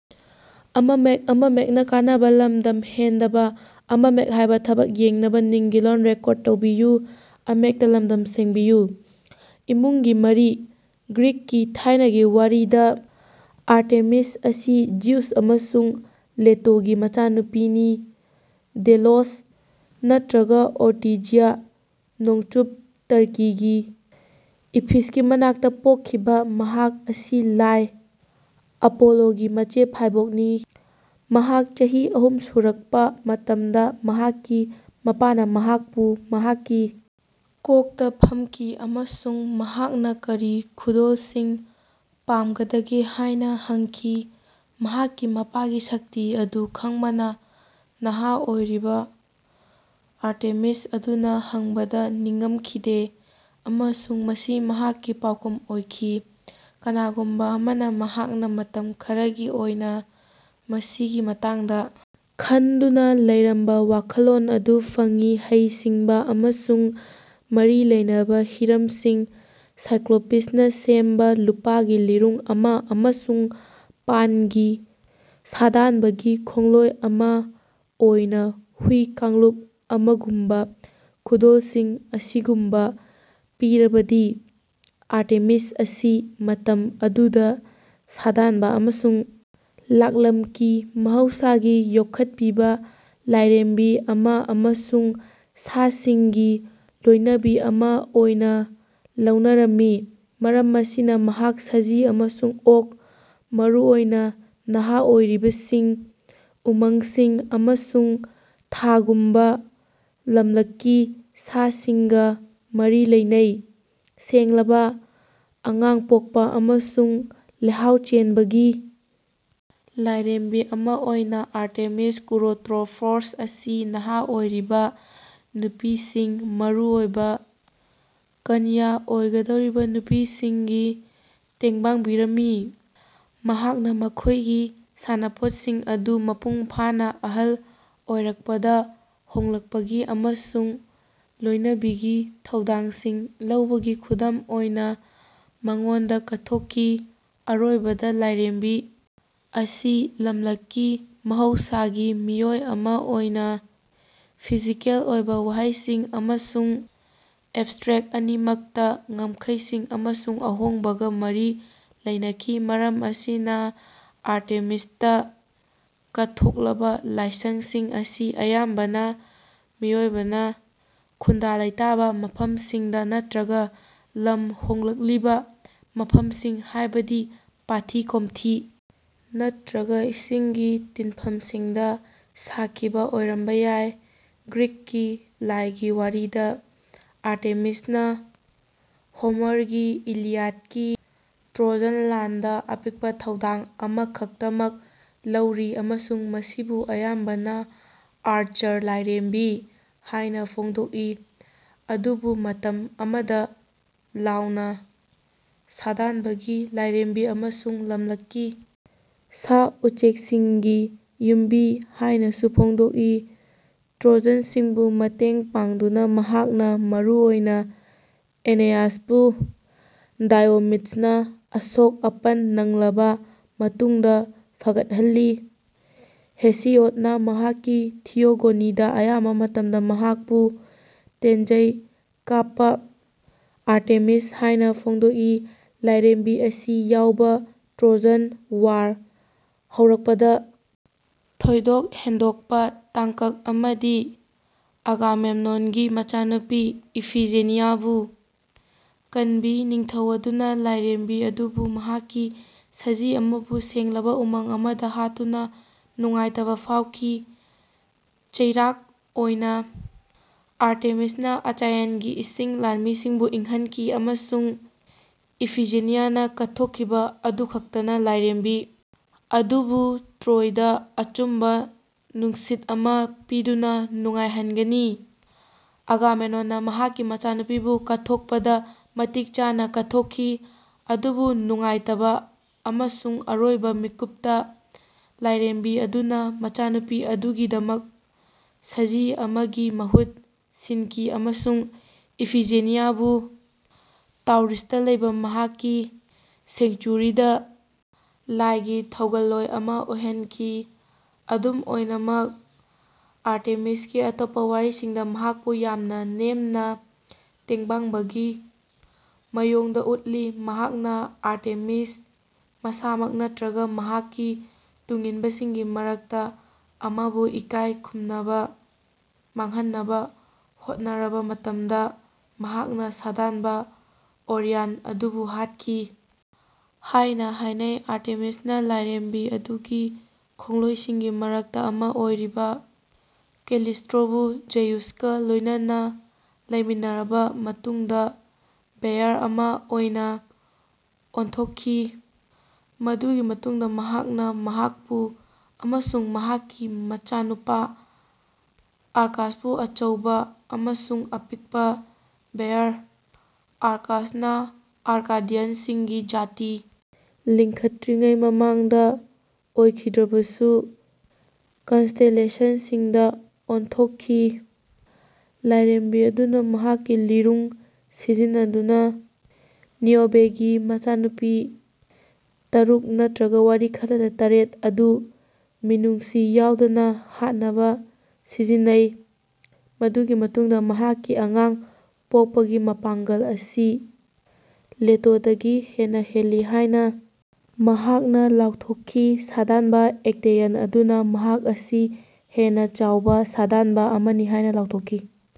ꯏꯃꯨꯡꯒꯤ ꯃꯔꯤ:ꯒ꯭ꯔꯤꯛꯀꯤ ꯊꯥꯏꯅꯒꯤ ꯋꯥꯔꯤꯗ ꯑꯥꯔꯇꯦꯃꯤꯁ ꯑꯁꯤ ꯖ꯭ꯌꯨꯁ ꯑꯃꯁꯨꯡ ꯂꯦꯇꯣꯒꯤ ꯃꯆꯥꯅꯨꯄꯤꯅꯤ꯫ ꯗꯦꯂꯣꯁ ꯅꯠꯇ꯭ꯔꯒ ꯑꯣꯔꯇꯤꯖꯤꯌꯥ (ꯅꯣꯡꯆꯨꯞ ꯇꯔꯀꯤꯒꯤ ꯏꯐꯤꯁꯀꯤ ꯃꯅꯥꯛꯇ) ꯄꯣꯛꯈꯤꯕ ꯃꯍꯥꯛ ꯑꯁꯤ ꯂꯥꯏ ꯑꯄꯣꯂꯣꯒꯤ ꯃꯆꯦ ꯐꯥꯏꯕꯣꯛꯅꯤ꯫ ꯃꯍꯥꯛ ꯆꯍꯤ ꯑꯍꯨꯝ ꯁꯨꯔꯛꯄ ꯃꯇꯝꯗ ꯃꯍꯥꯛꯀꯤ ꯃꯄꯥꯅ ꯃꯍꯥꯛꯄꯨ ꯃꯍꯥꯛꯀꯤ ꯀꯣꯛꯇ ꯐꯝꯈꯤ ꯑꯃꯁꯨꯡ ꯃꯍꯥꯛꯅ ꯀꯔꯤ ꯈꯨꯗꯣꯜꯁꯤꯡ ꯄꯥꯝꯒꯗꯒꯦ ꯍꯥꯏꯅ ꯍꯪꯈꯤ꯫ ꯃꯍꯥꯛꯀꯤ ꯃꯄꯥꯒꯤ ꯁꯛꯇꯤ ꯑꯗꯨ ꯈꯪꯕꯅ, ꯅꯍꯥ ꯑꯣꯏꯔꯤꯕ ꯑꯥꯔꯇꯦꯃꯤꯁ ꯑꯗꯨꯅ ꯍꯪꯕꯗ ꯅꯤꯡꯉꯝꯈꯤꯗꯦ ꯑꯃꯁꯨꯡ ꯃꯁꯤ ꯃꯍꯥꯛꯀꯤ ꯄꯥꯎꯈꯨꯝ ꯑꯣꯏꯈꯤ (ꯀꯅꯥꯒꯨꯝꯕ ꯑꯃꯅ ꯃꯍꯥꯛꯅ ꯃꯇꯝ ꯈꯔꯒꯤ ꯑꯣꯏꯅ ꯃꯁꯤꯒꯤ ꯃꯇꯥꯡꯗ ꯈꯟꯗꯨꯅ ꯂꯩꯔꯝꯕ ꯋꯥꯈꯜꯂꯣꯟ ꯑꯗꯨ ꯐꯪꯉꯤ ꯍꯩ-ꯁꯤꯡꯕ ꯑꯃꯁꯨꯡ ꯃꯔꯤ ꯂꯩꯅꯕ ꯍꯤꯔꯝꯁꯤꯡ ꯁꯥꯏꯀ꯭ꯂꯣꯄꯤꯁꯅ ꯁꯦꯝꯕ ꯂꯨꯄꯥꯒꯤ ꯂꯤꯔꯨꯡ ꯑꯃ ꯑꯃꯁꯨꯡ ꯄꯥꯟꯒꯤ ꯁꯥꯗꯥꯟꯕꯒꯤ ꯈꯣꯡꯂꯣꯏ ꯑꯃ ꯑꯣꯏꯅ ꯍꯨꯏ ꯀꯥꯡꯂꯨꯞ ꯑꯃꯒꯨꯝꯕ ꯈꯨꯗꯣꯜꯁꯤꯡ ꯑꯁꯤꯒꯨꯝꯕ ꯄꯤꯔꯕꯗꯤ, ꯑꯥꯔꯇꯦꯃꯤꯁ ꯑꯁꯤ, ꯃꯇꯝ ꯑꯗꯨꯗ, ꯁꯥꯗꯥꯟꯕ ꯑꯃꯁꯨꯡ ꯂꯥꯛꯂꯝꯀꯤ ꯃꯍꯧꯁꯥꯒꯤ ꯌꯣꯛꯈꯠꯄꯤꯕ ꯂꯥꯏꯔꯦꯝꯕꯤ ꯑꯃ ꯑꯃꯁꯨꯡ ꯁꯥꯁꯤꯡꯒꯤ ꯂꯣꯏꯅꯕꯤ ꯑꯃ ꯑꯣꯏꯅ ꯂꯧꯅꯔꯝꯃꯤ꯫ ꯃꯔꯝ ꯑꯁꯤꯅ, ꯃꯍꯥꯛ ꯁꯖꯤ ꯑꯃꯁꯨꯡ ꯑꯣꯛ (ꯃꯔꯨꯑꯣꯏꯅ ꯅꯍꯥ ꯑꯣꯏꯔꯤꯕꯁꯤꯡ), ꯎꯃꯪꯁꯤꯡ, ꯑꯃꯁꯨꯡ ꯊꯥꯒꯨꯝꯕ ꯂꯝꯂꯛꯀꯤ ꯁꯥꯁꯤꯡꯒ ꯃꯔꯤ ꯂꯩꯅꯩ꯫ ꯁꯦꯡꯂꯕ, ꯑꯉꯥꯡ ꯄꯣꯛꯄ, ꯑꯃꯁꯨꯡ ꯂꯩꯍꯥꯎ ꯆꯦꯟꯕꯒꯤ ꯂꯥꯏꯔꯦꯝꯕꯤ ꯑꯃ ꯑꯣꯏꯅ, ꯑꯥꯔꯇꯦꯃꯤꯁ ꯀꯨꯔꯣꯇ꯭ꯔꯣꯐꯣꯁ ꯑꯁꯤ ꯅꯍꯥ ꯑꯣꯏꯔꯤꯕ ꯅꯨꯄꯤꯁꯤꯡ, ꯃꯔꯨꯑꯣꯏꯕ ꯀꯅ꯭ꯌꯥ ꯑꯣꯏꯒꯗꯧꯔꯤꯕ ꯅꯨꯄꯤꯁꯤꯡꯒꯤ ꯇꯦꯡꯕꯥꯡꯕꯤꯔꯝꯃꯤ, ꯃꯍꯥꯛꯅ ꯃꯈꯣꯏꯒꯤ ꯁꯥꯟꯅꯄꯣꯠꯁꯤꯡ ꯑꯗꯨ ꯃꯄꯨꯡ ꯐꯥꯅ ꯑꯍꯜ ꯑꯣꯏꯔꯛꯄꯗ ꯍꯣꯡꯂꯛꯄꯒꯤ ꯑꯃꯁꯨꯡ ꯂꯣꯏꯅꯕꯤꯒꯤ ꯊꯧꯗꯥꯡꯁꯤꯡ ꯂꯧꯕꯒꯤ ꯈꯨꯗꯝ ꯑꯣꯏꯅ ꯃꯉꯣꯟꯗ ꯀꯠꯊꯣꯛꯈꯤ꯫ ꯑꯔꯣꯏꯕꯗ, ꯂꯥꯏꯔꯦꯝꯕꯤ ꯑꯁꯤ, ꯂꯝꯂꯛꯀꯤ ꯃꯍꯧꯁꯥꯒꯤ ꯃꯤꯑꯣꯏ ꯑꯃ ꯑꯣꯏꯅ, ꯐꯤꯖꯤꯀꯦꯜ ꯑꯣꯏꯕ ꯋꯥꯍꯩꯁꯤꯡ ꯑꯃꯁꯨꯡ ꯑꯦꯕꯁꯇ꯭ꯔꯦꯛꯠ ꯑꯅꯤꯃꯛꯇ ꯉꯝꯈꯩꯁꯤꯡ ꯑꯃꯁꯨꯡ ꯑꯍꯣꯡꯕꯒ ꯃꯔꯤ ꯂꯩꯅꯈꯤ꯫ ꯃꯔꯝ ꯑꯁꯤꯅ, ꯑꯥꯔꯇꯦꯃꯤꯁꯇ ꯀꯠꯊꯣꯛꯂꯕ ꯂꯥꯏꯁꯪꯁꯤꯡ ꯑꯁꯤ ꯑꯌꯥꯝꯕꯅ ꯃꯤꯑꯣꯏꯕꯅ ꯈꯨꯟꯗꯥ-ꯂꯩꯇꯥꯕ ꯃꯐꯝꯁꯤꯡꯗ ꯅꯠꯇ꯭ꯔꯒ ꯂꯝ ꯍꯣꯡꯂꯛꯂꯤꯕ ꯃꯐꯝꯁꯤꯡ ꯍꯥꯏꯕꯗꯤ ꯄꯥꯠꯊꯤ-ꯀꯣꯝꯊꯤ ꯅꯠꯇ꯭ꯔꯒ ꯏꯁꯤꯡꯒꯤ ꯇꯤꯟꯐꯝꯁꯤꯡꯗ ꯁꯥꯈꯤꯕ ꯑꯣꯏꯔꯝꯕ ꯌꯥꯏ꯫ ꯒ꯭ꯔꯤꯛꯀꯤ ꯂꯥꯏꯒꯤ ꯋꯥꯔꯤꯗ ꯑꯥꯔꯇꯦꯃꯤꯁꯅ ꯍꯣꯃꯔꯒꯤ ꯏꯂꯤꯌꯥꯗꯀꯤ ꯇ꯭ꯔꯣꯖꯟ ꯂꯥꯟꯗ ꯑꯄꯤꯛꯄ ꯊꯧꯗꯥꯡ ꯑꯃꯈꯛꯇꯃꯛ ꯂꯧꯔꯤ ꯑꯃꯁꯨꯡ ꯃꯁꯤꯕꯨ ꯑꯌꯥꯝꯕꯅ 'ꯑꯥꯔꯆꯔ ꯂꯥꯏꯔꯦꯝꯕꯤ' ꯍꯥꯏꯅ ꯐꯣꯡꯗꯣꯛꯏ ꯑꯗꯨꯕꯨ ꯃꯇꯝ ꯑꯃꯗ 'ꯂꯥꯎꯅ ꯁꯥꯗꯥꯟꯕꯒꯤ ꯂꯥꯏꯔꯦꯝꯕꯤ' ꯑꯃꯁꯨꯡ 'ꯂꯝꯂꯛꯀꯤ ꯁꯥ-ꯎꯆꯦꯛꯁꯤꯡꯒꯤ ꯌꯨꯝꯕꯤ' ꯍꯥꯏꯅꯁꯨ ꯐꯣꯡꯗꯣꯛꯏ꯫ ꯇ꯭ꯔꯣꯖꯥꯟꯁꯤꯡꯕꯨ ꯃꯇꯦꯡ ꯄꯥꯡꯗꯨꯅ, ꯃꯍꯥꯛꯅ ꯃꯔꯨꯑꯣꯏꯅ ꯑꯦꯅꯤꯌꯥꯁꯄꯨ ꯗꯥꯏꯑꯣꯃꯤꯗꯁꯅ ꯑꯁꯣꯛ ꯑꯄꯟ ꯅꯪꯂꯕ ꯃꯇꯨꯡꯗ ꯐꯒꯠꯍꯜꯂꯤ꯫ ꯍꯦꯁꯤꯌꯣꯗꯅ ꯃꯍꯥꯛꯀꯤ ꯊꯤꯌꯣꯒꯣꯅꯤꯗ ꯑꯌꯥꯝꯕ ꯃꯇꯝꯗ ꯃꯍꯥꯛꯄꯨ 'ꯇꯦꯟꯖꯩ ꯀꯥꯞꯄ ꯑꯥꯔꯇꯦꯃꯤꯁ' ꯍꯥꯏꯅ ꯐꯣꯡꯗꯣꯛꯏ꯫ ꯂꯥꯏꯔꯦꯝꯕꯤ ꯑꯁꯤ ꯌꯥꯎꯕ ꯇ꯭ꯔꯣꯖꯟ ꯋꯥꯔ ꯍꯧꯔꯛꯄꯗ ꯊꯣꯏꯗꯣꯛ ꯍꯦꯟꯗꯣꯛꯄ ꯇꯥꯡꯀꯛ ꯑꯃꯗꯤ ꯑꯒꯥꯃꯦꯝꯅꯣꯟꯒꯤ ꯃꯆꯥꯅꯨꯄꯤ ꯏꯐꯤꯖꯦꯅꯤꯌꯥꯕꯨ ꯀꯟꯕꯅꯤ꯫ ꯅꯤꯡꯊꯧ ꯑꯗꯨꯅ ꯂꯥꯏꯔꯦꯝꯕꯤ ꯑꯗꯨꯕꯨ ꯃꯍꯥꯛꯀꯤ ꯁꯖꯤ ꯑꯃꯕꯨ ꯁꯦꯡꯂꯕ ꯎꯃꯪ ꯑꯃꯗ ꯍꯥꯠꯇꯨꯅ ꯅꯨꯡꯉꯥꯏꯇꯕ ꯐꯥꯎꯈꯤ꯫ ꯆꯩꯔꯥꯛ ꯑꯣꯏꯅ ꯑꯥꯔꯇꯦꯃꯤꯁꯅ ꯑꯆꯥꯌꯟꯒꯤ ꯏꯁꯤꯡ ꯂꯥꯟꯃꯤꯁꯤꯡꯕꯨ ꯏꯪꯍꯟꯈꯤ ꯑꯃꯁꯨꯡ ꯏꯐꯤꯖꯦꯅꯤꯌꯥꯅ ꯀꯠꯊꯣꯛꯈꯤꯕ ꯑꯗꯨꯈꯛꯇꯅ ꯂꯥꯏꯔꯦꯝꯕꯤ ꯑꯗꯨꯕꯨ ꯇ꯭ꯔꯣꯏꯗ ꯑꯆꯨꯝꯕ ꯅꯨꯡꯁꯤꯠ ꯑꯃ ꯄꯤꯕꯗ ꯅꯨꯡꯉꯥꯏꯍꯟꯒꯅꯤ꯫ ꯑꯒꯥꯃꯦꯝꯅꯣꯟꯅ ꯃꯍꯥꯛꯀꯤ ꯃꯆꯥꯅꯨꯄꯤꯕꯨ ꯀꯠꯊꯣꯛꯄꯗ ꯃꯇꯤꯛ ꯆꯥꯅ ꯀꯠꯊꯣꯛꯈꯤ, ꯑꯗꯨꯕꯨ ꯅꯨꯡꯉꯥꯏꯇꯕ ꯑꯃꯁꯨꯡ ꯑꯔꯣꯏꯕ ꯃꯤꯀꯨꯞꯇ, ꯂꯥꯏꯔꯦꯝꯕꯤ ꯑꯗꯨꯅ ꯅꯨꯄꯤꯃꯆꯥ ꯑꯗꯨꯒꯤꯗꯃꯛ ꯁꯖꯤ ꯑꯃꯒꯤ ꯃꯍꯨꯠ ꯁꯤꯟꯈꯤ ꯑꯃꯁꯨꯡ ꯏꯐꯤꯖꯦꯅꯤꯌꯥꯕꯨ ꯇꯥꯎꯔꯤꯁꯇ ꯂꯩꯕ ꯃꯍꯥꯛꯀꯤ ꯁꯦꯡꯆꯨꯔꯤꯗ ꯂꯥꯏꯒꯤ ꯊꯧꯒꯜꯂꯣꯏ ꯑꯃ ꯑꯣꯏꯍꯟꯈꯤ꯫ ꯑꯗꯨꯝ ꯑꯣꯏꯅꯃꯛ, ꯑꯥꯔꯇꯦꯃꯤꯁꯀꯤ ꯑꯇꯣꯞꯄ ꯋꯥꯔꯤꯁꯤꯡꯅ ꯃꯍꯥꯛꯄꯨ ꯌꯥꯝꯅ ꯅꯦꯝꯅ ꯇꯦꯡꯕꯥꯡꯕꯒꯤ ꯃꯋꯣꯡꯗ ꯎꯠꯂꯤ꯫ ꯃꯍꯥꯛꯅ ꯑꯥꯔꯇꯦꯃꯤꯁ ꯃꯁꯥꯃꯛ ꯅꯠꯇ꯭ꯔꯒ ꯃꯍꯥꯛꯀꯤ ꯇꯨꯡꯏꯟꯕꯁꯤꯡꯒꯤ ꯃꯔꯛꯇ ꯑꯃꯕꯨ ꯏꯀꯥꯏ ꯈꯨꯝꯅꯕ ꯃꯥꯡꯍꯟꯅꯕ ꯍꯣꯠꯅꯔꯕ ꯃꯇꯨꯝꯗ ꯃꯍꯥꯛꯅ ꯁꯥꯗꯥꯟꯕ ꯑꯣꯔꯤꯌꯟ ꯑꯗꯨꯕꯨ ꯍꯥꯠꯈꯤ ꯍꯥꯏꯅ ꯍꯥꯏꯅꯩ꯫ ꯑꯥꯔꯇꯦꯃꯤꯁꯅ ꯂꯥꯏꯔꯦꯝꯕꯤ ꯑꯗꯨꯒꯤ ꯈꯣꯡꯂꯣꯏꯁꯤꯡꯒꯤ ꯃꯔꯛꯇ ꯑꯃ ꯑꯣꯏꯔꯤꯕ ꯀꯦꯂꯤꯁ꯭ꯇꯣꯕꯨ ꯖ꯭ꯌꯨꯁꯀ ꯂꯣꯏꯅꯅ ꯂꯩꯃꯤꯟꯅꯔꯕ ꯃꯇꯨꯡꯗ ꯕꯦꯌꯔ ꯑꯃ ꯑꯣꯏꯅ ꯑꯣꯟꯊꯣꯛꯈꯤ, ꯃꯗꯨꯒꯤ ꯃꯇꯨꯡꯗ ꯃꯍꯥꯛꯅ ꯃꯍꯥꯛꯄꯨ ꯑꯃꯁꯨꯡ ꯃꯍꯥꯛꯀꯤ ꯃꯆꯥꯅꯨꯄꯥ ꯑꯥꯔꯀꯥꯁꯄꯨ ꯑꯆꯧꯕ ꯑꯃꯁꯨꯡ ꯑꯄꯤꯛꯄ ꯕꯦꯌꯔ (ꯑꯥꯔꯀꯥꯁꯅ ꯑꯥꯔꯀꯥꯗꯤꯌꯟꯁꯤꯡꯒꯤ ꯖꯥꯇꯤ ꯂꯤꯡꯈꯠꯇ꯭ꯔꯤꯉꯩ ꯃꯃꯥꯡꯗ ꯑꯣꯏꯈꯤꯗ꯭ꯔꯕꯁꯨ) ꯀꯟꯁꯇꯦꯂꯦꯁꯟꯁꯤꯡꯗ ꯑꯣꯟꯊꯣꯛꯈꯤ꯫ ꯂꯥꯏꯔꯦꯝꯕꯤ ꯑꯗꯨꯅ ꯃꯍꯥꯛꯀꯤ ꯂꯤꯔꯨꯡ ꯁꯤꯖꯤꯟꯅꯗꯨꯅ ꯅꯤꯑꯣꯕꯦꯒꯤ ꯃꯆꯥꯅꯨꯄꯤ ꯇꯔꯨꯛ (ꯅꯠꯇ꯭ꯔꯒ ꯋꯥꯔꯤ ꯈꯔꯗ ꯇꯔꯦꯠ) ꯑꯗꯨ ꯃꯤꯅꯨꯡꯁꯤ ꯌꯥꯎꯗꯅ ꯍꯥꯠꯅꯕ ꯁꯤꯖꯤꯟꯅꯩ ꯃꯗꯨꯒꯤ ꯃꯇꯨꯡꯗ ꯃꯍꯥꯛꯀꯤ ꯑꯉꯥꯡ ꯄꯣꯛꯄꯒꯤ ꯃꯄꯥꯡꯒꯜ ꯑꯁꯤ ꯂꯦꯇꯣꯗꯒꯤ ꯍꯦꯟꯅ ꯍꯦꯜꯂꯤ ꯍꯥꯏꯅ ꯃꯍꯥꯛꯅ ꯂꯥꯎꯊꯣꯛꯈꯤ꯫ ꯁꯥꯗꯥꯟꯕ ꯑꯦꯛꯇꯦꯌꯟ ꯑꯗꯨꯅ, ꯃꯍꯥꯛ ꯑꯁꯤ ꯍꯦꯟꯅ ꯆꯥꯎꯕ ꯁꯥꯗꯥꯟꯕ ꯑꯃꯅꯤ ꯍꯥꯏꯅ ꯂꯥꯎꯊꯣꯛꯈꯤ꯫